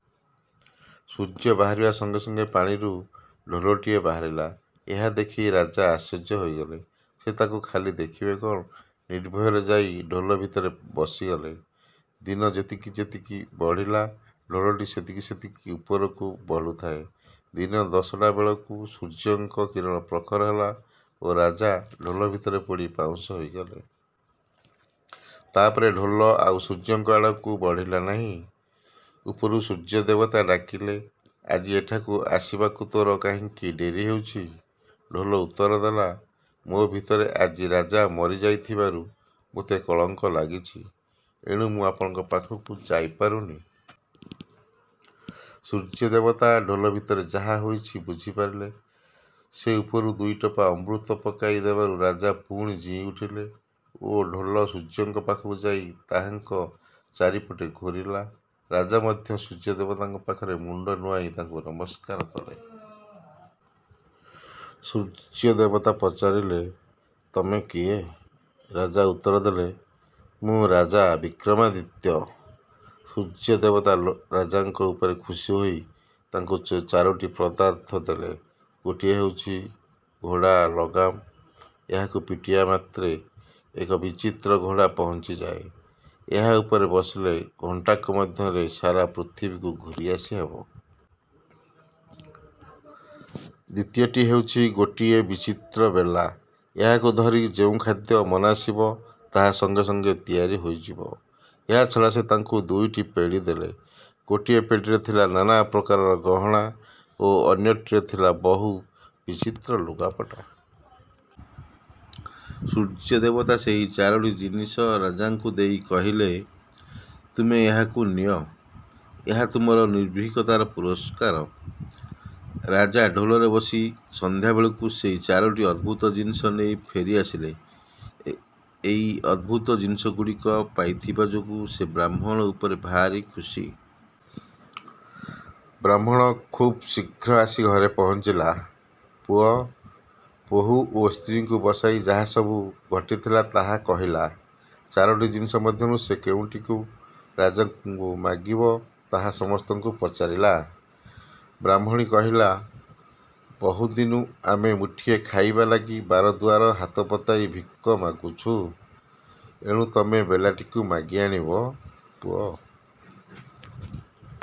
ସୂର୍ଯ୍ୟ ବାହାରିବା ସଙ୍ଗେ ସଙ୍ଗେ ପାଣିରୁ ଢୋଲଟିଏ ବାହାରିଲା। ଏହା ଦେଖି ରାଜା ଆଶ୍ଚର୍ଯ୍ୟ ହୋଇଗଲେ। ସେ ତାକୁ ଖାଲି ଦେଖିବେ କ'ଣ, ନିର୍ଭୟରେ ଯାଇ ଢୋଲ ଭିତରେ ବସିଗଲେ। ଦିନ ଯେତିକି ଯେତିକି ବଢ଼ିଲା, ଢୋଲଟି ସେତିକି ସେତିକି ଉପରକୁ ବଢ଼ୁଥାଏ। ଦିନ ଦଶଟା ବେଳକୁ ସୂର୍ଯ୍ୟଙ୍କ କିରଣ ପ୍ରଖର ହେଲା ଓ ରାଜା ଢୋଲ ଭିତରେ ପୋଡ଼ି ପାଉଁଶ ହୋଇଗଲେ। ତା'ପରେ ଢୋଲ ଆଉ ସୂର୍ଯ୍ୟଙ୍କ ଆଡ଼କୁ ବଢ଼ିଲା ନାହିଁ। ଉପରୁ ସୂର୍ଯ୍ୟ ଦେବତା ଡାକିଲେ-''ଆଜି ଏଠାକୁ ଆସିବାକୁ ତୋର କାହିଁକି ଡେରି ହେଉଛି? '' ଢୋଲ ଉତ୍ତର ଦେଲା-''ମୋ ଭିତରେ ଆଜି ରାଜା ମରି ଯାଇଥିବାରୁ ମୋତେ କଳଙ୍କ ଲାଗିଛି। ଏଣୁ ମୁଁ ଆପଣଙ୍କ ପାଖକୁ ଯାଇ ପାରୁନି। '' ସୂର୍ଯ୍ୟ ଦେବତା ଢୋଲ ଭିତରେ ଯାହା ହୋଇଛି ବୁଝିପାରିଲେ। ସେ ଉପରୁ ଦୁଇଟୋପା ଅମୃତ ପକାଇ ଦେବାରୁ ରାଜା ପୁଣି ଜୀଇ ଉଠିଲେ ଓ ଢୋଲ ସୂର୍ଯ୍ୟଙ୍କ ପାଖକୁ ଯାଇ ତାହାଙ୍କ ଚାରିପଟେ ଘୂରିଲା। ରାଜା ମଧ୍ୟ ସୂର୍ଯ୍ୟ ଦେବତାଙ୍କ ପାଖରେ ମୁଣ୍ଡ ନୁଆଇଁ ତାଙ୍କୁ ନମସ୍କାର କଲେ। ସୂର୍ଯ୍ୟ ଦେବତା ପଚାରିଲେ-'ତମେ କିଏ? ରାଜା ଉତ୍ତର ଦେଲେ- ''ମୁଁ ରାଜା ବିକ୍ରମାଦିତ୍ୟ। '' ସୂର୍ଯ୍ୟ ଦେବତା ରାଜାଙ୍କ ଉପରେ ଖୁସିହୋଇ ତାଙ୍କୁ ଚାରୋଟି ପଦାର୍ଥ ଦେଲେ। ଗୋଟିଏ ହେଉଛି, ଘୋଡ଼ା ଲଗାମ; ଏହାକୁ ପିଟିବା ମାତ୍ରେ ଏକ ବିଚିତ୍ର ଘୋଡ଼ା ପହଞ୍ଚିଯାଏ। ଏହା ଉପରେ ବସିଲେ ଘଣ୍ଟାକ ମଧ୍ୟରେ ସାରା ପୃଥିବୀକୁ ଘୂରି ଆସିହେବ। ଦ୍ୱିତୀୟଟି ହେଉଛି ଗୋଟିଏ ବିଚିତ୍ର ବେଲା। ଏହାକୁ ଧରି ଯେଉଁ ଖାଦ୍ୟ ମନାସିବ ତାହା ସଙ୍ଗେ ସଙ୍ଗେ ତିଆରି ହୋଇଯିବ। ଏହାଛଡ଼ା ସେ ତାକୁ ଦୁଇଟି ପେଡ଼ି ଦେଲେ। ଗୋଟିଏ ପେଡ଼ିରେ ଥିଲା ନାନା ପ୍ରକାର ଗହଣା ଓ ଅନ୍ୟଟିରେ ଥିଲା ବହୁ ବିଚିତ୍ର ଲୁଗାପଟା। ସୂର୍ଯ୍ୟଦେବତା ସେହି ଚାରୋଟି ଜିନିଷ ରାଜାଙ୍କୁ ଦେଇ କହିଲେ,-''ତୁମେ ଏହାକୁ ନିଅ; ଏହା ତୁମ ନିର୍ଭୀକତାର ପୁରସ୍କାର। '' ରାଜା ଢୋଲରେ ବସି ସଂଧ୍ୟା ବେଳକୁ ସେଇ ଚାରୋଟି ଅଦ୍ଭୁତ ଜିନିଷ ନେଇ ଫେରି ଆସିଲେ। ଏଇ ଅଦ୍ଭୁତ ଜିନିଷଗୁଡ଼ିକ ପାଇଥିବା ଯୋଗୁ ସେ ବ୍ରାହ୍ମଣ ଉପରେ ଭାରି ଖୁସି। '' ବ୍ରାହ୍ମଣ ଖୁବ୍ ଶୀଘ୍ର ଆସି ଘରେ ପହଞ୍ଚିଲା। ପୁଅ, ବୋହୂ ଓ ସ୍ତ୍ରୀଙ୍କୁ ବସାଇ ଯାହାସବୁ ଘଟିଥିଲା ତାହା କହିଲା। ଚାରୋଟି ଜିନିଷ ମଧ୍ୟରୁ ସେ କେଉଁଟିକୁ ରାଜାଙ୍କୁ ମାଗିବ ତାହା ସମସ୍ତଙ୍କୁ ପଚାରିଲା। ବ୍ରାହ୍ମଣୀ କହିଲା- ''ବହୁଦିନୁ ଆମେ ମୁଠିଏ ଖାଇବା ଲାଗି ବାର ଦୁଆରେ ହାତ ପତାଇ ଭିକ ମାଗୁଛୁ। ଏଣୁ ତମେ ବେଲାଟିକୁ ମାଗି ଆଣିବ। '' ପୁଅ